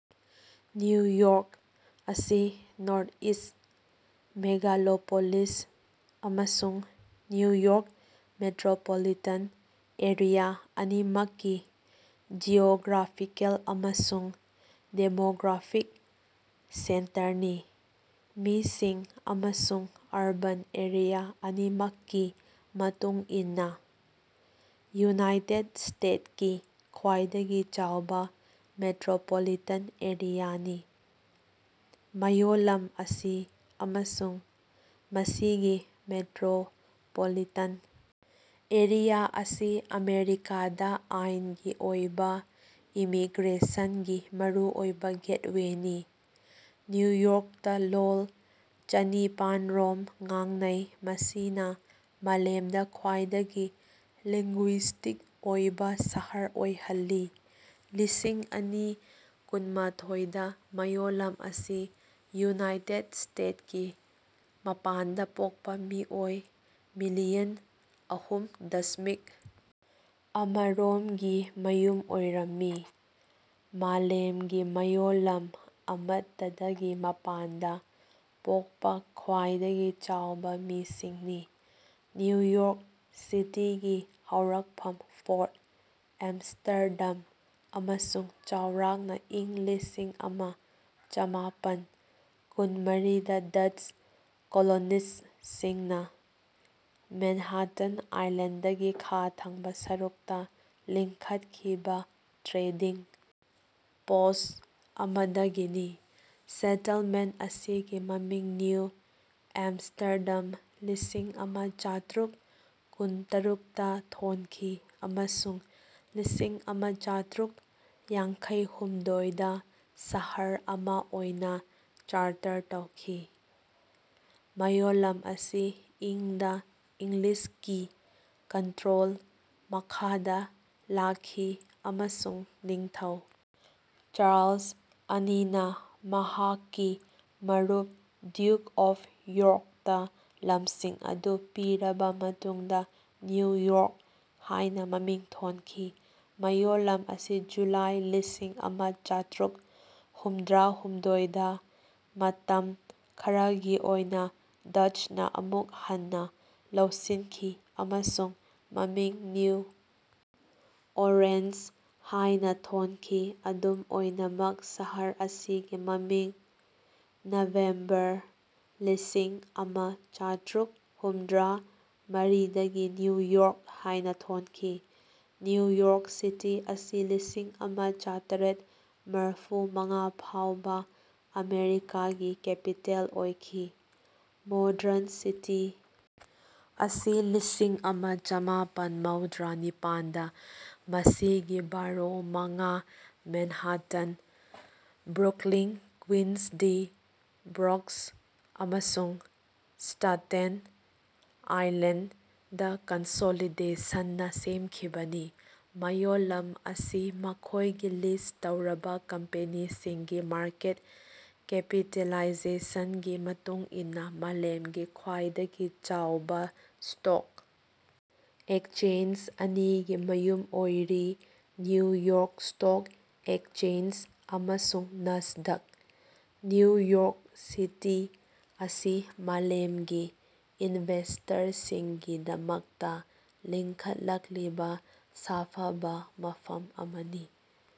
New York ꯑꯁꯤ northeast megalopolis ꯑꯃꯁꯨꯡ New York metropolitan area ꯑꯅꯤꯃꯛꯀꯤ ꯖꯤꯑꯣꯒ꯭ꯔꯥꯐꯤꯀꯦꯜ ꯑꯃꯁꯨꯡ ꯗꯦꯃꯣꯒ꯭ꯔꯥꯐꯤꯛ ꯁꯦꯟꯇꯔꯅꯤ꯫ ꯃꯤꯁꯤꯡ ꯑꯃꯁꯨꯡ ꯑꯔꯕꯥꯟ ꯑꯦꯔꯤꯌꯥ ꯑꯅꯤꯃꯛꯀꯤ ꯃꯇꯨꯡ ꯏꯟꯅꯥ ꯌꯨꯅꯥꯏꯇꯦꯗ ꯁ꯭ꯇꯦꯠꯀꯤ ꯈ꯭ꯋꯥꯏꯗꯒꯤ ꯆꯥꯎꯕꯥ ꯃꯦꯇ꯭ꯔꯣꯄꯣꯂꯤꯇꯥꯟ ꯑꯦꯔꯤꯌꯥꯅꯤ꯫ ꯃꯌꯣꯜꯂꯝ ꯑꯁꯤ ꯑꯃꯁꯨꯡ ꯃꯁꯤꯒꯤ ꯃꯦꯇ꯭ꯔꯣꯄꯣꯂꯤꯇꯥꯟ ꯑꯦꯔꯤꯌꯥ ꯑꯁꯤ ꯑꯃꯦꯔꯤꯀꯥꯗꯥ ꯑꯥꯏꯟꯒꯤ ꯑꯣꯏꯕꯥ ꯏꯃꯤꯒ꯭ꯔꯦꯁꯟꯒꯤ ꯃꯔꯨꯑꯣꯏꯕꯥ ꯒꯦꯠꯋꯦꯅꯤ꯫ ꯅ꯭ꯌꯨ ꯌꯣꯔ꯭ꯀꯇꯥ ꯂꯣꯜ ꯆꯅꯤꯄꯥꯟꯔꯣꯝ ꯉꯥꯡꯅꯩ ꯃꯁꯤꯅꯥ ꯃꯥꯂꯦꯝꯗꯥ ꯈ꯭ꯋꯥꯏꯗꯒꯤ ꯂꯤꯉ꯭ꯒꯨꯏꯁ꯭ꯇꯤꯛ ꯑꯣꯏꯕꯥ ꯁꯍꯔ ꯑꯣꯏꯍꯜꯂꯤ꯫ ꯂꯤꯁꯤꯡ ꯑꯅꯤ ꯀꯨꯟꯃꯥꯊꯣꯏꯗꯥ ꯃꯌꯣꯜꯂꯝ ꯑꯁꯤ ꯌꯨꯅꯥꯏꯇꯦꯗ ꯁ꯭ꯇꯦꯠꯀꯤ ꯃꯄꯥꯟꯗꯥ ꯄꯣꯛꯄꯥ ꯃꯤꯑꯣꯏ ꯃꯤꯂꯤꯌꯟ ꯑꯍꯨꯝ ꯗꯁꯃꯤꯛ ꯑꯃꯔꯣꯝꯒꯤ ꯃꯌꯨꯝ ꯑꯣꯏꯔꯝꯃꯤ꯫ ꯃꯥꯂꯦꯝꯒꯤ ꯃꯌꯣꯜꯂꯝ ꯑꯃꯠꯇꯗꯒꯤ ꯃꯄꯥꯟꯗꯥ ꯄꯣꯛꯄꯥ ꯈ꯭ꯋꯥꯏꯗꯒꯤ ꯆꯥꯎꯕꯥ ꯃꯤꯁꯤꯡꯅꯤ꯫ ꯅ꯭ꯌꯨ ꯌꯣꯔ꯭ꯛ ꯁꯤꯇꯤꯒꯤ ꯍꯧꯔꯛꯐꯝ ꯐꯣꯔꯠ ꯑꯝꯁ꯭ꯇꯔꯗꯥꯝ ꯑꯃꯁꯨꯡ ꯆꯥꯎꯔꯥꯛꯅꯥ ꯏꯪ ꯂꯤꯁꯤꯡ ꯑꯃ ꯆꯃꯥꯄꯟ ꯀꯨꯟꯃꯔꯤꯗ ꯗꯆ꯭ꯁ ꯀꯣꯂꯣꯅꯤꯁ꯭ꯠꯁꯤꯡꯅꯥ ꯃꯦꯟꯍꯥꯇꯟ ꯑꯥꯏꯂꯦꯟꯗꯒꯤ ꯈꯥ ꯊꯪꯕꯥ ꯁꯔꯨꯛꯇꯥ ꯂꯤꯡꯈꯠꯈꯤꯕꯥ ꯇ꯭ꯔꯦꯗꯤꯡ ꯄꯣꯁ꯭ꯠ ꯑꯃꯗꯒꯤꯅꯤ꯫ ꯁꯦꯇꯜꯃꯦꯟꯠ ꯑꯁꯤꯒꯤ ꯃꯃꯤꯡ ꯅ꯭ꯌꯨ ꯑꯝꯁ꯭ꯇꯔꯗꯥꯝ ꯂꯤꯁꯤꯡ ꯑꯃ ꯆꯥꯇ꯭ꯔꯨꯛ ꯀꯨꯟ ꯇꯔꯨꯛꯇ ꯊꯣꯟꯈꯤ ꯑꯃꯁꯨꯡ ꯂꯤꯁꯤꯡ ꯑꯃ ꯆꯥꯇ꯭ꯔꯨꯛ ꯌꯥꯡꯈꯩꯍꯨꯝꯗꯣꯏꯗ ꯁꯍꯔ ꯑꯃꯥ ꯑꯣꯏꯅꯥ ꯆꯥꯔꯇꯔ ꯇꯧꯈꯤ꯫ ꯃꯌꯣꯜꯂꯝ ꯑꯁꯤ ꯏꯪ ꯗꯥ ꯏꯪꯂꯤꯁꯀꯤ ꯀꯟꯇ꯭ꯔꯣꯜ ꯃꯈꯥꯗꯥ ꯂꯥꯛꯈꯤ ꯑꯃꯁꯨꯡ ꯅꯤꯡꯊꯧ ꯆꯥꯔꯂꯁ ꯑꯅꯤꯅꯥ ꯃꯍꯥꯛꯀꯤ ꯃꯔꯨꯞ ꯗ꯭ꯌꯨꯛ ꯑꯣꯐ ꯌꯣꯔ꯭ꯛꯇꯥ ꯂꯝꯁꯤꯡ ꯑꯗꯨ ꯄꯤꯔꯕꯥ ꯃꯇꯨꯡꯗꯥ ꯅ꯭ꯌꯨ ꯌꯣꯔ꯭ꯛ ꯍꯥꯏꯅꯥ ꯃꯃꯤꯡ ꯊꯣꯟꯈꯤ꯫ ꯃꯌꯣꯜꯂꯝ ꯑꯁꯤ ꯖꯨꯂꯥꯏ ꯂꯤꯁꯤꯡ ꯑꯃ ꯆꯥꯇ꯭ꯔꯨꯛ ꯍꯨꯝꯗ꯭ꯔꯥꯍꯨꯝꯗꯣꯏꯗ ꯃꯇꯝ ꯈꯔꯒꯤ ꯑꯣꯏꯅꯥ ꯗꯆ꯭ꯁꯅꯥ ꯑꯃꯨꯛ ꯍꯟꯅꯥ ꯂꯧꯁꯤꯟꯈꯤ ꯑꯃꯁꯨꯡ ꯃꯃꯤꯡ ꯅ꯭ꯌꯨ ꯑꯣꯔꯦꯟꯖ ꯍꯥꯏꯅꯥ ꯊꯣꯟꯈꯤ ꯑꯗꯨꯝ ꯑꯣꯏꯅꯃꯛ ꯁꯍꯔ ꯑꯁꯤꯒꯤ ꯃꯃꯤꯡ ꯅꯕꯦꯝꯕꯔ ꯂꯤꯁꯤꯡ ꯑꯃ ꯆꯥꯇ꯭ꯔꯨꯛ ꯍꯨꯝꯗ꯭ꯔꯥ ꯃꯔꯤꯗꯒꯤ ꯅ꯭ꯌꯨ ꯌꯣꯔꯛ ꯍꯥꯏꯅꯥ ꯊꯣꯟꯈꯤ꯫ ꯅ꯭ꯌꯨ ꯌꯣꯔꯛ ꯁꯤꯇꯤ ꯑꯁꯤ ꯂꯤꯁꯤꯡ ꯑꯃ ꯆꯥꯇ꯭ꯔꯦꯠ ꯃꯔꯐꯨ ꯃꯉꯥ ꯐꯥꯎꯕꯥ ꯑꯃꯦꯔꯤꯀꯥꯒꯤ ꯀꯦꯄꯤꯇꯦꯜ ꯑꯣꯏꯈꯤ꯫ ꯃꯣꯗꯔꯟ ꯁꯤꯇꯤ ꯑꯁꯤ ꯂꯤꯁꯤꯡ ꯑꯃ ꯆꯃꯥꯄꯟ ꯃꯧꯗ꯭ꯔꯥ ꯅꯤꯄꯥꯟꯗ ꯃꯁꯤꯒꯤ ꯕꯔꯣ ꯃꯉꯥ Manhattan Brooklyn Queens the Bronx ꯑꯃꯁꯨꯡ ꯁ꯭ꯇꯥꯇꯦꯟ ꯑꯥꯏꯂꯦꯟꯗ ꯀꯟꯁꯣꯂꯤꯗꯦꯁꯟꯅꯥ ꯁꯦꯝꯈꯤꯕꯅꯤ꯫ ꯃꯌꯣꯜꯂꯝ ꯑꯁꯤ ꯃꯈꯣꯏꯒꯤ ꯂꯤꯁ꯭ꯠ ꯇꯧꯔꯕꯥ ꯀꯝꯄꯦꯅꯤꯁꯤꯡꯒꯤ ꯃꯥꯔꯀꯦꯠ ꯀꯦꯄꯤꯇꯦꯂꯥꯏꯖꯦꯁꯟꯒꯤ ꯃꯇꯨꯡ ꯏꯟꯅꯥ ꯃꯥꯂꯦꯝꯒꯤ ꯈ꯭ꯋꯥꯏꯗꯒꯤ ꯆꯥꯎꯕꯥ ꯁ꯭ꯇꯣꯛ ꯑꯦꯛꯆꯦꯟꯖ ꯑꯅꯤꯒꯤ ꯃꯌꯨꯝ ꯑꯣꯏꯔꯤ ꯅ꯭ꯌꯨ ꯌꯣꯔ꯭ꯛ ꯁ꯭ꯇꯣꯛ ꯑꯦꯛꯆꯦꯟꯖ ꯑꯃꯁꯨꯡ ꯅꯥꯁꯗꯥꯛ꯫ ꯅ꯭ꯌꯨ ꯌꯣꯔ꯭ꯛ ꯁꯤꯇꯤ ꯑꯁꯤ ꯃꯥꯂꯦꯝꯒꯤ ꯏꯟꯚꯦꯁꯇꯔꯁꯤꯡꯒꯤꯗꯃꯛꯇꯥ ꯂꯤꯡꯈꯠꯂꯛꯂꯤꯕꯥ ꯁꯥꯐꯕꯥ ꯃꯐꯝ ꯑꯃꯅꯤ꯫